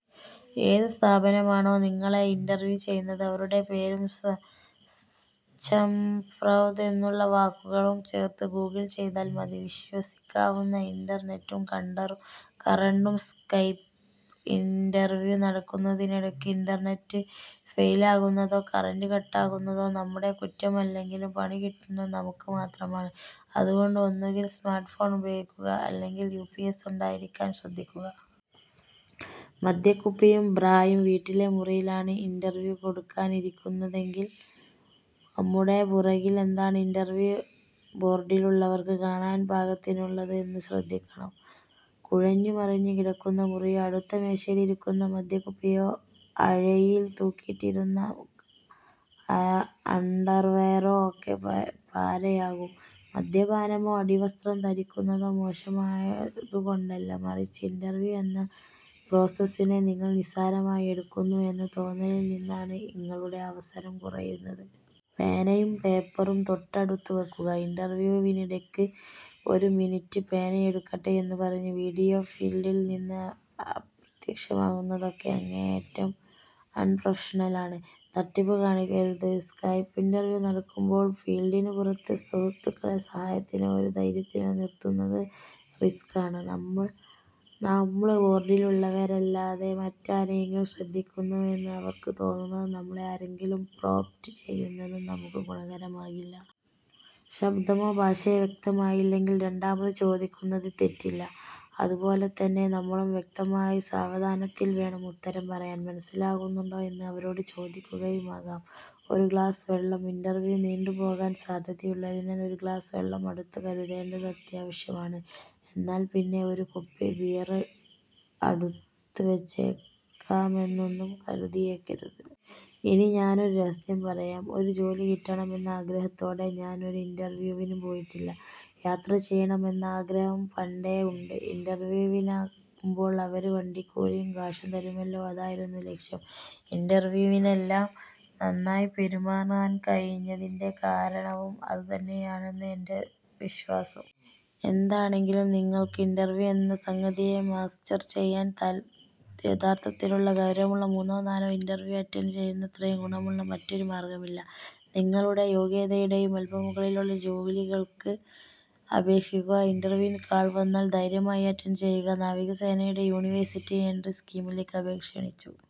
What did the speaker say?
ഏത് സ്ഥാപനമാണോ നിങ്ങളെ ഇന്റര്വ്യൂ ചെയ്യുന്നത് അവരുടെ പേരും സ്ചമ് ഫ്രൌദ് എന്നുള്ള വാക്കുകളും ചേര്ത്ത് ഗൂഗിള് ചെയ്താല് മതി.. വിശ്വസിക്കാവുന്ന ഇന്റര്നെറ്റും കറണ്ടും:സ്കൈപ് ഇന്റര്വ്യൂ നടക്കുന്നതിനിടക്ക് ഇന്റര്നെറ്റ് ഫെയിലാകുന്നതോ കറന്റ് കട്ടാകുന്നതോ നമ്മുടെ കുറ്റമല്ലെങ്കിലും 'പണി കിട്ടുന്നത്' നമുക്ക് മാത്രമാണ്. അതുകൊണ്ട് ഒന്നുകില് സ്മാര്ട്ട് ഫോണ് ഉപയോഗിക്കുക, അല്ലെങ്കില് യുപിഎസ് ഉണ്ടായിരിക്കാന് ശ്രദ്ധിക്കുക.. മദ്യക്കുപ്പിയും ബ്രായും:വീട്ടിലെ മുറിയിലാണ് ഇന്റർവ്യൂ കൊടുക്കാൻ ഇരിക്കുന്നതെങ്കിൽ നമ്മുടെ പുറകിലെന്താണ് ഇന്റർവ്യൂ ബോർഡിലുള്ളവർക്ക് കാണാൻ പാകത്തിനുള്ളത് എന്നു ശ്രദ്ധിക്കണം. കുഴഞ്ഞുമറിഞ്ഞു കിടക്കുന്ന മുറിയോ, അടുത്ത മേശയിലിരിക്കുന്ന മദ്യക്കുപ്പിയോ, അഴയിൽ തൂക്കിയിട്ടിരുന്ന അണ്ടർവെയർ ഒക്കെ പാരയാകും. മദ്യപാനമോ അടിവസ്ത്രം ധരിക്കുന്നതോ മോശമായതുകൊണ്ടല്ല, മറിച്ച് ഇന്റർവ്യൂ എന്ന പ്രോസസിനെ നിങ്ങൾ നിസ്സാരമായി എടുക്കുന്നു എന്ന തോന്നലിൽ നിന്നാണ് നിങ്ങളുടെ അവസരം കുറയുന്നത്.. പേനയും പേപ്പറും തൊട്ടടുത്ത് വെക്കുക:ഇന്റർവ്യൂവിനിടക്ക് ഒരു മിനിറ്റ്, പേനയെടുക്കട്ടെ, എന്നുപറഞ്ഞ് വീഡിയോ ഫീൽഡിൽ നിന്ന് അപ്രത്യക്ഷമാകുന്നതൊക്കെ അങ്ങേയറ്റം ആൺ പ്രൊഫഷണലാണ്.. തട്ടിപ്പ് കാണിക്കരുത്:സ്കൈപ്പ് ഇന്റർവ്യൂ നടക്കുമ്പോൾ ഫീൽഡിനു പുറത്ത് സുഹൃത്തുക്കളെ സഹായത്തിനോ ഒരു ധൈര്യത്തിനോ നിർത്തുന്നത് റിസ്ക്കാണ്. നമ്മള് ബോർഡിലുള്ളവരെയല്ലാതെ മറ്റാരെയെങ്കിലും ശ്രദ്ധിക്കുന്നുവെന്ന് അവർക്ക് തോന്നുന്നതും നമ്മളെ ആരെങ്കിലും പ്രോംപ്റ്റ് ചെയ്യുന്നതും നമുക്ക് ഗുണകരമാകില്ല. ശബ്ദമോ ഭാഷയോ വ്യക്തമായില്ലെങ്കിലൽ രണ്ടാമത് ചോദിക്കുന്നതിൽ തെറ്റില്ല. അതുപോലെതന്നെ നമ്മളും വ്യക്തമായി സാവധാനത്തിൽ വേണം ഉത്തരം പറയാന്. മനസ്സിലാകുന്നുണ്ടോ എന്ന് അവരോട് ചോദിക്കുകയുമാകാം.. ഒരു ഗ്ലാസ് വെള്ളം:ഇന്റർവ്യൂ നീണ്ടുപോകാൻ സാധ്യതയുള്ളതിനാൽ ഒരു ഗ്ലാസ് വെള്ളം അടുത്തു കരുതേണ്ടത് അത്യാവശ്യമാണ്. എന്നാല്പ്പിന്നെ ഒരു കുപ്പി ബിയർ അടുത്ത് വെച്ചേക്കാമെന്നൊന്നും കരുതിയേക്കരുത്. ഇനി ഞാനൊരു രഹസ്യം പറയാം. ഒരു ജോലി കിട്ടണം എന്ന ആഗ്രഹത്തോടെ ഞാൻ ഒരു ഇന്റർവ്യൂവിനും പോയിട്ടില്ല. യാത്ര ചെയ്യണം എന്ന ആഗ്രഹം പണ്ടേ ഉണ്ട്. ഇന്റര്വ്യൂവിനാകുമ്പോള് അവർ വണ്ടിക്കൂലിയും കാശും തരുമല്ലോ, അതായിരുന്നു ലക്ഷ്യം. ഇന്റർവ്യൂവിനെല്ലാം നന്നായി പെരുമാറാൻ കഴിഞ്ഞതിന്റെ കാരണവും അത് തന്നെയാണെന്നാണ് എന്റെ വിശ്വാസം. എന്താണെങ്കിലും നിങ്ങൾക്ക് എന്ന സംഗതിയെ മാസ്റ്റർ ചെയ്യാൻ യഥാർത്ഥത്തിലുള്ള, ഗൗരവമുള്ള മൂന്നോ നാലോ ഇന്റർവ്യൂ അറ്റൻഡ് ചെയ്യുന്നത്രയും ഗുണമുള്ള വേറൊരു മാർഗ്ഗമില്ല. നിങ്ങളുടെ യോഗ്യതയുടെയും അല്പം മുകളിലുള്ള ജോലികൾക്ക് അപേക്ഷിക്കുക, ഇന്റർവ്യൂവിന് കാൾ വന്നാല് ധൈര്യമായി അറ്റൻ ഡ് ചെയ്യുക. നാവികസേനയുടെ യൂണിവേഴ്സിറ്റി എൻട്രി സ്കീമിലേക്ക് അപേക്ഷ ക്ഷണിച്ചു.